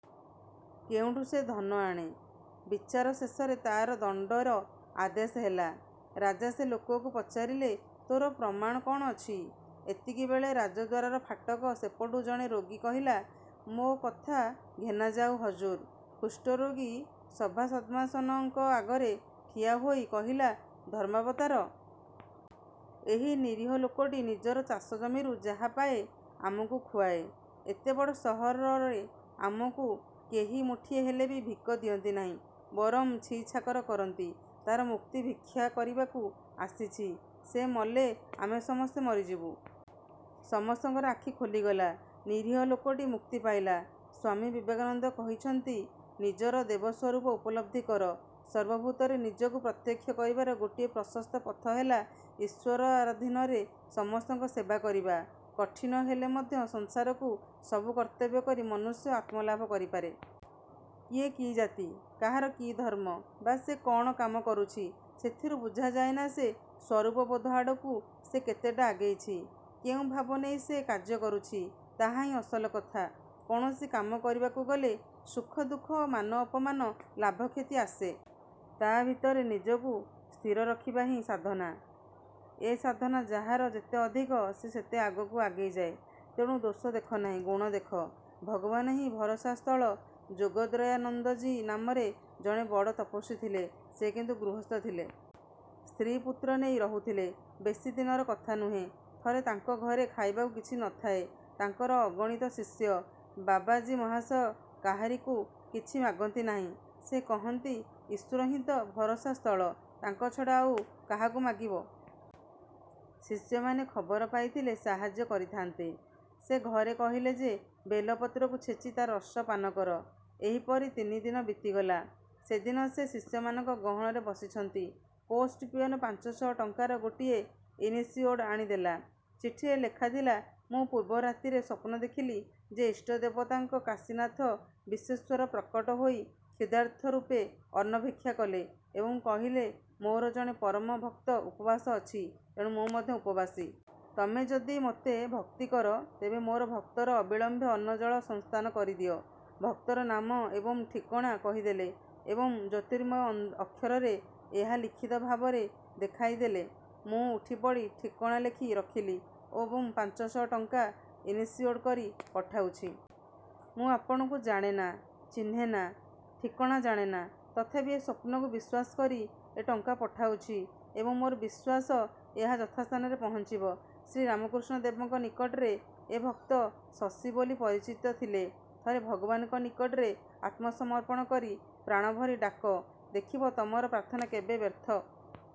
କେଉଁଠୁ ସେ ଧନ ଆଣେ? ବିଚାର ଶେଷରେ ତା'ର ଦଣ୍ଡର ଆଦେଶ ହେଲା। ରାଜା ସେ ଲୋକକୁ ପଚାରିଲେ, ''ତୋର ପ୍ରମାଣ କ'ଣ ଅଛି? '' ଏତିକିବେଳେ ରାଜଦ୍ୱାରର ଫାଟକ ସେପଟୁ ଜଣେ ରୋଗୀ କହିଲା-'ମୋ କଥା ଘେନାଯାଉ, ହଜୁର। ' କୁଷ୍ଠରୋଗୀ ସଭାସଦ୍ମାନଙ୍କ ଆଗରେ ଠିଆ ହୋଇ କହିଲା-''ଧର୍ମାବତାର! ଏହି ନିରୀହ ଲୋକଟି ନିଜର ଚାଷ ଜମିରୁ ଯାହା ପାଏ, ଆମକୁ ଖୁଆଏ। ଏତେ ବଡ଼ ସହରରେ ଆମକୁ କେହି ମୁଠିଏ ହେଲେ ଭିକ ଦିଅନ୍ତି ନାହିଁ, ବରଂ ଛି-ଛାକର କରନ୍ତି। ତା'ର ମୁକ୍ତି ଭିକ୍ଷା କରିବାକୁ ଆସିଛି। ସେ ମଲେ ଆମେ ସମସ୍ତେ ମରିଯିବୁ। '' ସମସ୍ତଙ୍କର ଆଖି ଖୋଲିଗଲା। ନିରୀହ ଲୋକଟି ମୁକ୍ତି ପାଇଲା। ସ୍ୱାମୀ ବିବେକାନନ୍ଦ କହିଛନ୍ତି-ନିଜର ଦେବସ୍ୱରୂପ ଉପଲବ୍ଧି କର। ସର୍ବଭୂତରେ ନିଜକୁ ପ୍ରତ୍ୟକ୍ଷ କରିବାର ଗୋଟିଏ ପ୍ରଶସ୍ତ ପଥ ହେଲା ଈଶ୍ୱରାଧୀନରେ ସମସ୍ତଙ୍କର ସେବା କରିବା। କଠିନ ହେଲେ ମଧ୍ୟ ସଂସାରର ସବୁ କର୍ତ୍ତବ୍ୟ କରି ମନୁଷ୍ୟ ଆତ୍ମଲାଭ କରିପାରେ। କିଏ କି ଜାତି, କାହାର କି ଧର୍ମ ବା ସେ କ'ଣ କାମ କରୁଛି, ସେଥିରୁ ବୁଝାଯାଏନା ଯେ ସ୍ୱରୂପବୋଧ ଆଡ଼କୁ ସେ କେତେଟା ଆଗେଇଛି? କେଉଁ ଭାବ ନେଇ ସେ କାର୍ଯ୍ୟ କରୁଛି, ତାହାହିଁ ଅସଲ କଥା-। କୌଣସି କାମ କରିବାକୁ ଗଲେ ସୁଖ-ଦୁଃଖ, ମାନ-ଅପମାନ; ଲାଭ-କ୍ଷତି ଆସେ। ତା' ଭିତରେ ନିଜକୁ ସ୍ଥିର ରଖିବା ହିଁ ସାଧନା। ଏ ସାଧନା ଯାହାର ଯେତେ ଅଧିକ ସେ ସେତେ ଆଗକୁ ଆଗେଇ ଯାଏ। ତେଣୁ ଦୋଷ ଦେଖ ନାହିଁ, ଗୁଣ ଦେଖ। ଭଗବାନହିଁ ଭରସା ସ୍ଥଳ ଯୋଗତ୍ରୟାନନ୍ଦଜୀ ନାମରେ ଜଣେ ବଡ଼ ତପସ୍ୱୀ ଥିଲେ। ସେ କିନ୍ତୁ ଗୃହସ୍ଥ ଥିଲେ। ସ୍ତ୍ରୀ ପୁତ୍ର ନେଇ ରହୁଥିଲେ। ବେଶୀ ଦିନର କଥା ନୁହେଁ। ଥରେ ତାଙ୍କଘରେ ଖାଇବାକୁ କିଛି ନ ଥାଏ। ତାଙ୍କର ଅଗଣିତ ଶିଷ୍ୟ। ବାବାଜୀ ମହାଶୟ କାହାରିକୁ କିଛି ମାଗନ୍ତି ନାହିଁ। ସେ କହନ୍ତି, ଈଶ୍ୱରହିଁ ତ ଭରସା ସ୍ଥଳ, ତାଙ୍କ ଛଡ଼ା ଆଉ କାହାକୁ ମାଗିବ? ଶିଷ୍ୟମାନେ ଖବର ପାଇଥିଲେ ସାହାଯ୍ୟ କରିଥାନ୍ତେ। ସେ ଘରେ କହିଲେ ଯେ ବେଲପତ୍ରକୁ ଛେଚି ତାର ରସ ପାନ କର। ଏହିପରି ତିନିଦିନ ବିତିଗଲା। ସେ ଦିନ ସେ ଶିଷ୍ୟମାନଙ୍କ ଗହଣରେ ବସିଛନ୍ତି, ପୋଷ୍ଟ ପିଅନ ପାଞ୍ଚଶହ ଟଙ୍କାର ଗୋଟିଏ ଇନିସିଓର୍ଡ଼ ଆଣି ଦେଲା। ଚିଠିରେ ଲେଖାଥିଲା-ମୁଁ ପୂର୍ବ ରାତିରେ ସ୍ୱପ୍ନ ଦେଖିଲି ଯେ ଇଷ୍ଟଦେବତା କାଶୀନାଥ ବିଶ୍ୱେଶ୍ୱର ପ୍ରକଟ ହୋଇ କ୍ଷୁଧାର୍ତ୍ତ ରୂପେ ଅନ୍ନ ଭିକ୍ଷା କଲେ ଏବଂ କହିଲେ, 'ମୋର ଜଣେ ପରମ ଭକ୍ତ ଉପବାସ ଅଛି, ତେଣୁ ମୁଁ ମଧ୍ୟ ଉପବାସୀ। ତମେ ଯଦି ମୋତେ ଭକ୍ତି କର, ତେବେ ମୋର ଭକ୍ତର ଅବିଳମ୍ବେ ଅନ୍ନଜଳ ସଂସ୍ଥାନ କରିଦିଅ। ' ଭକ୍ତର ନାମ ଏବଂ ଠିକଣା କହିଦେଲେ ଏବଂ ଜ୍ୟୋତିର୍ମୟ ଅକ୍ଷରରେ ଏହା ଲିଖିତ ଭାବରେ ଦେଖାଇ ଦେଲେ-। ମୁଁ ଉଠିପଡ଼ି ଠିକଣା ଲେଖି ରଖିଲି ଏବଂ ପାଞ୍ଚଶହ ଟଙ୍କା ଇନସିଓର୍ଡ କରି ପଠାଉଛି। ମୁଁ ଆପଣଙ୍କୁ ଜାଣେନା, ଚିହ୍ନେନା, ଠିକଣା ଜାଣେନା, ତଥାପି ଏ ସ୍ୱପ୍ନକୁ ବିଶ୍ୱାସ କରି ଏ ଟଙ୍କା ପଠାଉଛି ଏବଂ ମୋର ବିଶ୍ୱାସ ଏହା ଯଥାସ୍ଥାନରେ ପହଞ୍ଚିବ। ଶ୍ରୀରାମକୃଷ୍ଣ ଦେବଙ୍କ ନିକଟରେ ଏ ଭକ୍ତ 'ଶଶୀ' ବୋଲି ପରିଚିତ ଥିଲେ। ଥରେ ଭଗବାନଙ୍କ ନିକଟରେ ଆତ୍ମସମର୍ପଣ କରି ପ୍ରାଣଭରି ଡାକ; ଦେଖିବ ତମର ପ୍ରାର୍ଥନା କେବେ ବ୍ୟର୍ଥ